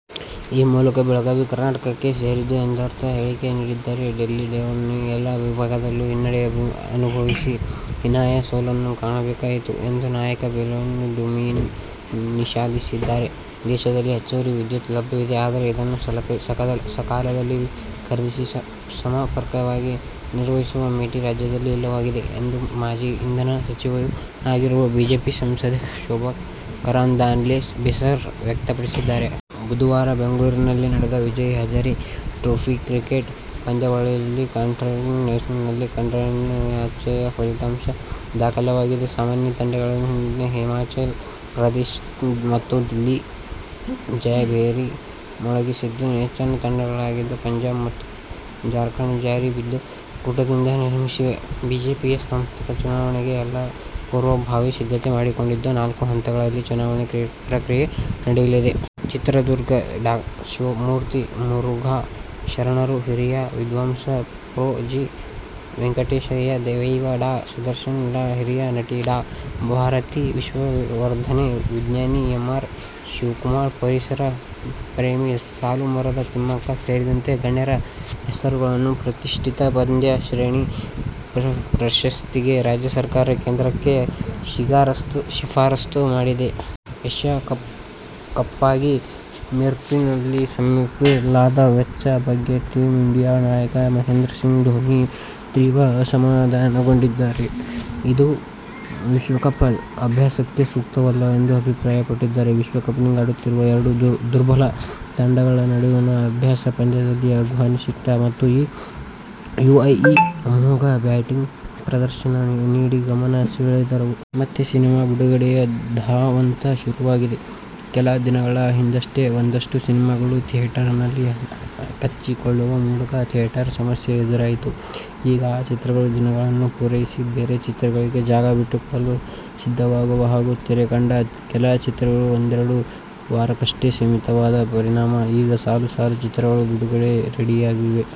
ಈ ಮೂಲಕ ಬೆಳಗಾವಿ ಕರ್ನಾಟಕಕ್ಕೆ ಸೇರಿದ್ದು ಎಂಬರ್ಥದ ಹೇಳಿಕೆ ನೀಡಿದ್ದಾರೆ. ಡೆಲ್ಲಿ ಡೇರ್ಡೆವಿಲ್ಸ್ ಎಲ್ಲ ವಿಭಾಗದಲ್ಲೂ ಹಿನ್ನಡೆ ಅನುಭವಿಸಿ ಹೀನಾಯ ಸೋಲನ್ನು ಕಾಣಬೇಕಾಯಿತು ಎಂದು ನಾಯಕ ಜೀನ್ಪಾಲ್ ಡ್ಯುಮಿನಿ ವಿಷಾದಿಸಿದ್ದಾರೆ. ದೇಶದಲ್ಲಿ ಹೆಚ್ಚುವರಿ ವಿದ್ಯುತ್ ಲಭ್ಯವಿದೆ. ಆದರೆ ಅದನ್ನು ಸಕಾಲದಲ್ಲಿ ಖರೀದಿಸಿ, ಸಮ ರ್ಪಕವಾಗಿ ನಿರ್ವಹಿಸುವ "ಮೇಟಿ' ರಾಜ್ಯದಲ್ಲಿ ಇಲ್ಲವಾಗಿದೆ ಎಂದು ಮಾಜಿ ಇಂಧನ ಸಚಿವೆಯೂ ಆಗಿರುವ ಬಿಜೆಪಿ ಸಂಸದೆ ಶೋಭಾ ಕರಂದ್ಲಾಜೆ ಬೇಸರ ವ್ಯಕ್ತಪಡಿಸಿದ್ದಾರೆ. ಬುಧವಾರ ಬೆಂಗಳೂರಿನಲ್ಲಿ ನಡೆದ ವಿಜಯ್ ಹಜಾರೆ ಟ್ರೋಫಿ ಕ್ರಿಕೆಟ್ ಪಂದ್ಯಾವಳಿಯ ಕ್ವಾರ್ಟರ್ ಫೈನಲ್ ಕಾದಾಟದಲ್ಲಿ ಅಚ್ಚರಿಯ ಫಲಿತಾಂಶ ದಾಖಲಾಗಿದೆ. ಸಾಮಾನ್ಯ ತಂಡಗಳೆನಿಸಿದ ಹಿಮಾಚಲ ಪ್ರದೇಶ ಮತ್ತು ದಿಲ್ಲಿ ಜಯಭೇರಿ ಮೊಳಗಿಸಿದ್ದು, ನೆಚ್ಚಿನ ತಂಡಗಳಾಗಿದ್ದ ಪಂಜಾಬ್ ಮತ್ತು ಜಾರ್ಖಂಡ್ ಜಾರಿ ಬಿದ್ದು ಕೂಟದಿಂದ ನಿರ್ಗಮಿಸಿವೆ. ಬಿಜೆಪಿಯ ಸಾಂಸ್ಥಿಕ ಚುನಾವಣೆಗೆ ಎಲ್ಲ ಪೂರ್ವಭಾವಿ ಸಿದ್ಧತೆ ಮಾಡಿಕೊಂಡಿದ್ದು, ನಾಲ್ಕು ಹಂತಗಳಲ್ಲಿ ಚುನಾವಣಾ ಪ್ರಕ್ರಿಯೆ ನಡೆಯಲಿದೆ. ಚಿತ್ರದುರ್ಗದ ಡಾ ಶಿವಮೂರ್ತಿ ಮುರುಘಾ ಶರಣರು, ಹಿರಿಯ ವಿದ್ವಾಂಸ ಪ್ರೊ ಜಿ. ವೆಂಕಟಸುಬ್ಬಯ್ಯ, ವೈದ್ಯ, ಡಾ ಸುದರ್ಶನ್ಬಲ್ಲಾಳ್, ಹಿರಿಯ ನಟಿ ಡಾ ಭಾರತಿ ವಿಷ್ಣುವರ್ಧನ್, ವಿಜ್ಞಾನಿ ಎ. ಆರ್. ಶಿವಕುಮಾರ್, ಪರಿಸರ ಪ್ರೇಮಿ ಸಾಲುಮರದ ತಿಮ್ಮಕ್ಕ ಸೇರಿದಂತೆ ಗಣ್ಯರ ಹೆಸರುಗಳನ್ನು ಪ್ರತಿಷ್ಠಿತ ಪದ್ಮ ಶ್ರೇಣಿ ಪ್ರಶಸ್ತಿಗೆ ರಾಜ್ಯ ಸರ್ಕಾರ ಕೇಂದ್ರಕ್ಕೆ ಶಿಫಾರಸು ಮಾಡಿದೆ. ಏಶ್ಯ ಕಪ್ಗಾಗಿ ಮೀರ್ಪುರ್ನಲ್ಲಿ ನಿರ್ಮಿಸಲಾದ ಪಿಚ್ ಬಗ್ಗೆ ಟೀಮ್ ಇಂಡಿಯಾ ನಾಯಕ ಮಹೇಂದ್ರ ಸಿಂಗ್ ಧೋನಿ ತೀವ್ರ ಅಸಮಾಧಾನಗೊಂಡಿದ್ದಾರೆ. ಇದು ವಿಶ್ವಕಪ್ ಅಭ್ಯಾಸಕ್ಕೆ ಸೂಕ್ತವಲ್ಲ ಎಂದು ಅಭಿಪ್ರಾಯಪಟ್ಟಿದ್ದಾರೆ. ವಿಶ್ವ ಕಪ್ನಲ್ಲಿ ಆಡುತ್ತಿರುವ ಎರಡು ದುರ್ಬಲ ತಂಡಗಳ ನಡುವಣ ಅಭ್ಯಾಸ ಪಂದ್ಯದಲ್ಲಿ ಅಫ್ಘಾನಿಸ್ಥಾನ ಮತ್ತು ಯುಎಇ ಅಮೋಘ ಬ್ಯಾಟಿಂಗ್ ಪ್ರದರ್ಶನ ನೀಡಿ ಗಮನ ಸೆಳೆದವು. ಮತ್ತೆ ಸಿನಿಮಾ ಬಿಡುಗಡೆಯ ಧಾವಂತ ಶುರುವಾಗಿದೆ. ಕೆಲ ದಿನಗಳ ಹಿಂದಷ್ಟೇ ಒಂದಷ್ಟು ಸಿನಿಮಾಗಳು ಥಿಯೇಟರ್ನಲ್ಲಿ ಕಚ್ಚಿಕೊಳ್ಳುವ ಮೂಲಕ ಥಿಯೇಟರ್ ಸಮಸ್ಯೆ ಎದುರಾಗಿತ್ತು. ಈಗ ಆ ಚಿತ್ರಗಳು ದಿನಗಳನ್ನು ಪೂರೈಸಿ, ಬೇರೆ ಚಿತ್ರಗಳಿಗೆ ಜಾಗ ಬಿಟ್ಟುಕೊಡಲು ಸಿದ್ಧವಾಗುವ ಹಾಗೂ ತೆರೆಕಂಡ ಕೆಲ ಚಿತ್ರಗಳು ಒಂದೆರಡು ವಾರಕ್ಕಷ್ಟೇ ಸೀಮಿತವಾದ ಪರಿಣಾಮ ಈಗ ಸಾಲು ಸಾಲು ಚಿತ್ರಗಳು ಬಿಡುಗಡೆಗೆ ರೆಡಿಯಾಗಿವೆ.